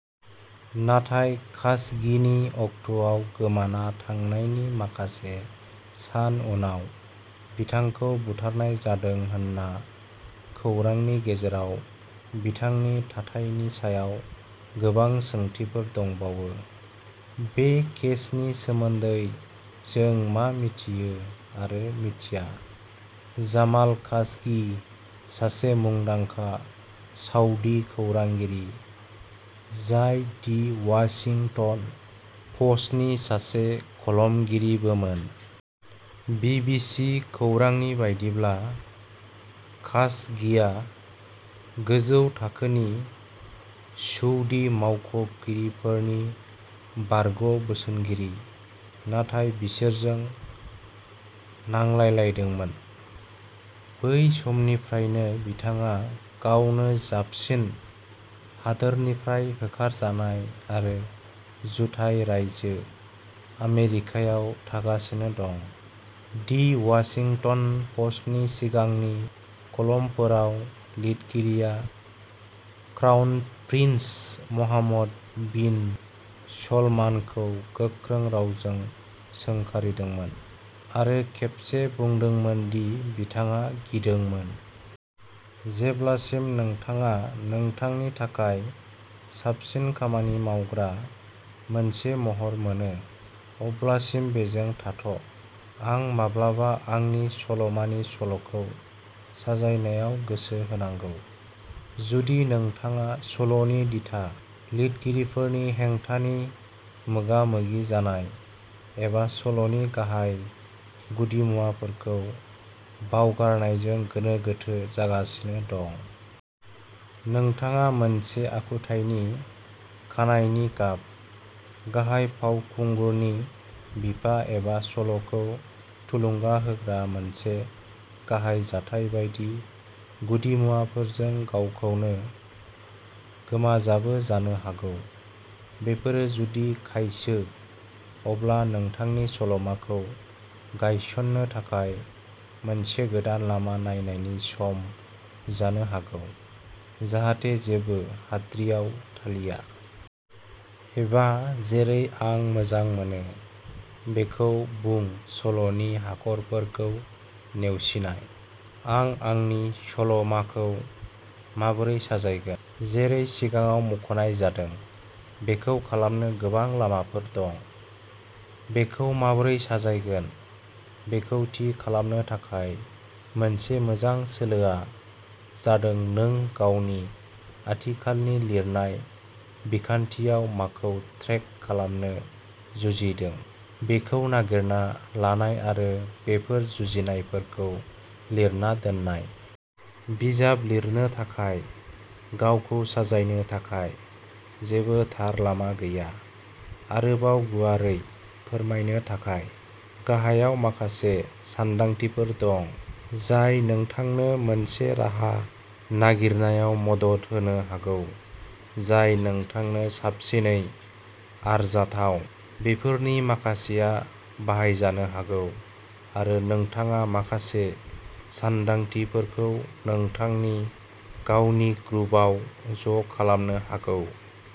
नाथाय खासगि नि अक्ट'आव गोमाना थांनायनि माखासे सान उनाव, बिथांखौ बुथारनाय जादों होनना खौरांनि गेजेराव बिथांनि थाथायनि सायाव गोबां सोंथिफोर दंबावो। बे केसनि सोमोन्दै जों मा मिथियो-आरो मिथिया। जामाल खाशगि सासे मुंदांखा सउदी खौरांगिरि, जाय दि वाशिंटन पस्टनि सासे कलमगिरिबोमोन। बिबिसी खौरांनि बायदिब्ला, खाशगिया गोजौ थाखोनि सउदी मावख'गिरिफोरनि बारग'बोसोनगिरि नाथाय बिसोरजों नांलायलायदोंमोन। बै समनिफ्रायनो, बिथाङा "गावनो-जाबसिन" हादोरनिफ्राय होखारजानाय आरो जुथाइ रायजो आमेरिकायाव थागासिनो दं। दि वाशिंटन पस्टनि सिगांनि कलमफोराव, लिरगिरिया क्राउन प्रिन्स महम्मद बिन सलमानखौ गोख्रों रावजों सोंखारिदोंमोन, आरो खेबसे बुंदोंमोन दि बिथाङा गिदोंमोन। जेब्लासिम नोंथाङा नोंथांनि थाखाय साबसिन खामानि मावग्रा मोनसे महर मोनो, अब्लासिम बेजों थाथ'। आं माब्ला आंनि सल'मानि सल'खौ साजायनायाव गोसो होनांगौ? जुदि नोंथाङा सल'नि दिथा, लिरगिरिफोरनि हेंथानि मोगा-मोगि जानाय, एबा सल'नि गाहाय गुदिमुवाफोरखौ बावगारनायजों गोनो-गोथो जागासिनो दं। नोंथाङा मोनसे आखुथायनि खानाइनि गाब, गाहाय फावखुंगुरनि बिफा एबा सल'खौ थुलुंगा होग्रा मोनसे गाहाय जाथाय बायदि गुदिमुवाफोरजों गावखौनो गोमाजाबो जानो हागौ। बेफोरो जुदि खायसो, अब्ला नोंथांनि सल'माखौ गायसननो थाखाय मोनसे गोदान लामा नायनायनि सम जानो हागौ, जाहाथे जेबो हाद्रिआव थालिया। एबा जेरै आं मोजां मोनो। बेखौ बुं-सल'नि हाखरफोरखौ नेवसिनाय। आं आंनि सल'माखौ माबोरै साजायगोन? जेरै सिगाङाव मुंख'नाय जादों, बेखौ खालामनो गोबां लामाफोर दं। बेखौ माबोरै साजायगोन बेखौ थि खालामनो थाखाय मोनसे मोजां सोलोआ जादों नों गावनि आथिखालनि लिरनाय बिखान्थियाव माखौ ट्रेक खालामनो जुजिदों बेखौ नागिरना लानाय आरो बेफोर जुजिनायफोरखौ लिरना दोननाय। बिजाब लिरनो थाखाय गावखौ साजायनो थाखाय जेबो थार लामा गैया। आरोबाव गुवारै फोरमायनो थाखाय, गाहायाव माखासे सानदांथिफोर दं जाय नोंथांनो मोनसे राहा नागिरनायाव मदद होनो हागौ जाय नोंथांनो साबसिनै आरजाथाव। बेफोरनि माखासेया बाहायजानो हागौ आरो नोंथाङा माखासे सानदांथिफोरखौ नोंथांनि गावनि ग्रुवआव ज'खालामनो हागौ।